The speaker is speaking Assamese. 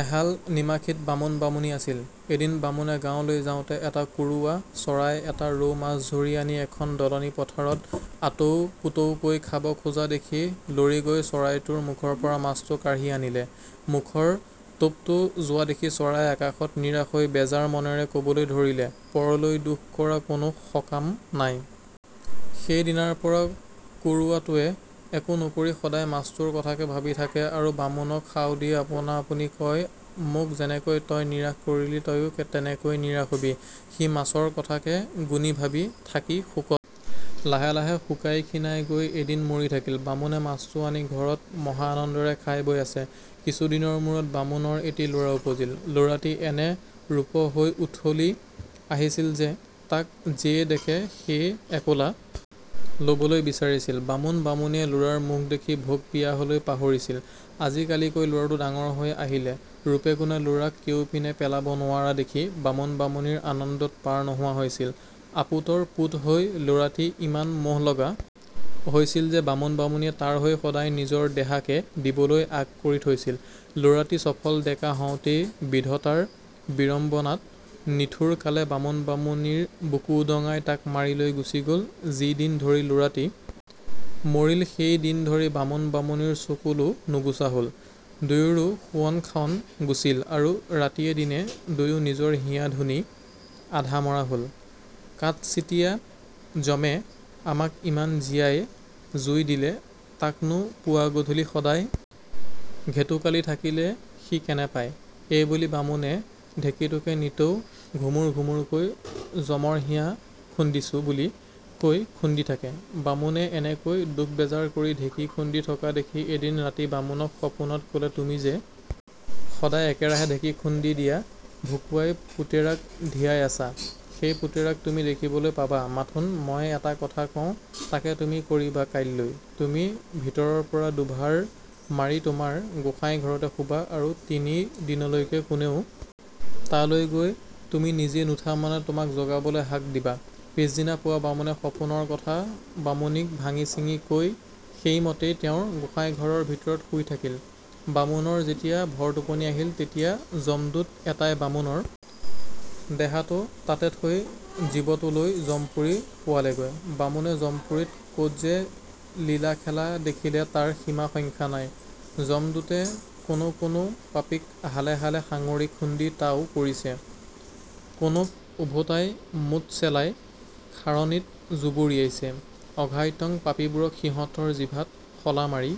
এহাল নিমাখিত বামুণ বামুণী আছিল৷ এদিন বামুণে গাঁৱলৈ যাওঁতে এটা কুৰুৱা চৰায়ে এটা ৰৌ মাছ ধৰি আনি এখন দলনি পথাৰত আতৌপুতৌকৈ খাব খোজা দেখি লৰি গৈ চৰাইটোৰ মুখৰপৰা মাছটো কাঢ়ি আনিলে৷ মুখৰ টোপটো যোৱা দেখি চৰায়ে আকাশত নিৰাশ হৈ বেজাৰ মনেৰে কবলৈ ধৰিলে,-"পৰলৈ দুখ কৰা কোনো সকাম নাই! " সেই দিনাৰপৰা কুৰুৱাটোৱে একো নকৰি সদায় মাছটোৰ কথাকে ভাবি থাকে আৰু বামুণক শাও দি আপোনা-আপুনি কয়, "মোক যেনেকৈ তই নিৰাশ কৰিলি, তয়ো তেনেকৈ নিৰাশ হ'বি! " সি মাছৰ কথাকে গুণি-ভাবি থাকি শোকত লাহে লাহে শুকাই-ক্ষীণাই গৈ এদিন মৰি থাকিল৷ বামুণে মাছটো আনি ঘৰত মহা আনন্দেৰে খাই-বৈ আছে৷ কিছুদিনৰ মূৰত বামুণৰ এটি ল'ৰা উপজিল৷ ল'ৰাটি এনে ৰূপহ হৈ উথলি আহিছিল যে, তাক যেয়ে দেখে সেয়ে একোলা ল'বলৈ বিচাৰিছিল৷ বামুণ বামুণীয়ে ল'ৰাৰ মুখ দেখি ভোক-পিয়াহলৈ পাহৰিছিল৷ আজি কালিকৈ ল'ৰাটো ডাঙৰ হৈ আহিল৷ ৰূপে গুণে ল'ৰাক কেউপিনে পেলাব নোৱাৰা দেখি বামুণ-বামুণীৰ আনন্দত পাৰ নোহোৱা হৈছিল৷ আপুতৰ পুত হৈ ল'ৰাটি ইমান মোহ-লগা হৈছিল যে বামুণ-বামুণীয়ে তাৰ হৈ সদায় নিজৰ দেহাকে দিবলৈ আগ কৰি থৈছিল৷ ল'ৰাটি চফল ডেকা হওঁতেই বিধতাৰ বিৰম্বণাত নিঠুৰ কালে বামুণ বামুণীৰ বুকু উদঙাই তাক মাৰি লৈ গুচি গ'ল৷ যি দিন ধৰি ল'ৰাটি মৰিল সেই দিন ধৰি বামুণ বামুণীৰ চকুৰ লো নুগুচা হ'ল৷ দুইৰো শোৱন-খাৱন গুচিল, আৰু ৰাতিয়ে দিনে দুয়ো নিজৰ হিয়া ধুনি আধামৰা হ'ল৷ "কাঠচিতীয়া যমে আমাক ইমান জীয়া জুই দিলে, তাক নো পুৱা-গধূলি সদায় ঘেটুকালি থাকিলে সি কেনে পায়" এইবুলি বামুণে ঢেঁকীটোকে নিতৌ ঘুমুৰ ঘুমুৰকৈ, যমৰ হিয়া খুন্দিছোঁ বুলি কৈ, খুন্দি থাকে৷ বামুণে এনেকৈ দুখ-বেজাৰ কৰি ঢেঁকী খুন্দি থকা দেখি, এদিন ৰাতি বামুণক সপোনত কলে, "তুমি যে সদায় একেৰাহে ঢেঁকী খুন্দি হিয়া ভুকুৱাই পুতেৰাক ধিয়াই আছা, সেই পুতেৰাক তুমি দেখিবলৈ পাবা; মাথোন মই এটা কথা কওঁ তাকে তুমি কৰিবা-কাইলৈ তুমি ভিতৰৰপৰা দুভাৰ মাৰি তোমাৰ গোঁসাই-ঘৰতে শুবা, আৰু তিনি দিনলৈকে কোনেও তালৈ গৈ তুমি নিজে নুঠা মানে, তোমাক জগাবলৈ হাক দিবা৷" পিছদিনা পুৱা বামুণে সপোনৰ কথা বামুণীক ভাঙিছিঙি কৈ সেই মতেই তেওঁৰ গোঁসাই-ঘৰৰ ভিতৰত শুই থাকিল৷ বামুণৰ যেতিয়া ভৰ-টোপনি আহিল, তেতিয়া যমদূত এটাই বামুণৰ দেহাটো তাতে থৈ জীৱটো লৈ যমপুৰি পোৱালেগৈ৷ বামুণে যমপুৰীত কত যে লীলাখেলা দেখিলে তাৰ সীমা-সংখ্যা নাই; যমদূতে কোনো কোনো পাপীক হালে হালে সাঙুৰি খুন্দি তাও কৰিছে; কোনোক ওভোটাই মোট চেলাই খাৰণীত জুবুৰিয়াইছে; অঘাইটং পাপীবোৰক সিহঁতৰ জিভাত শলা মাৰি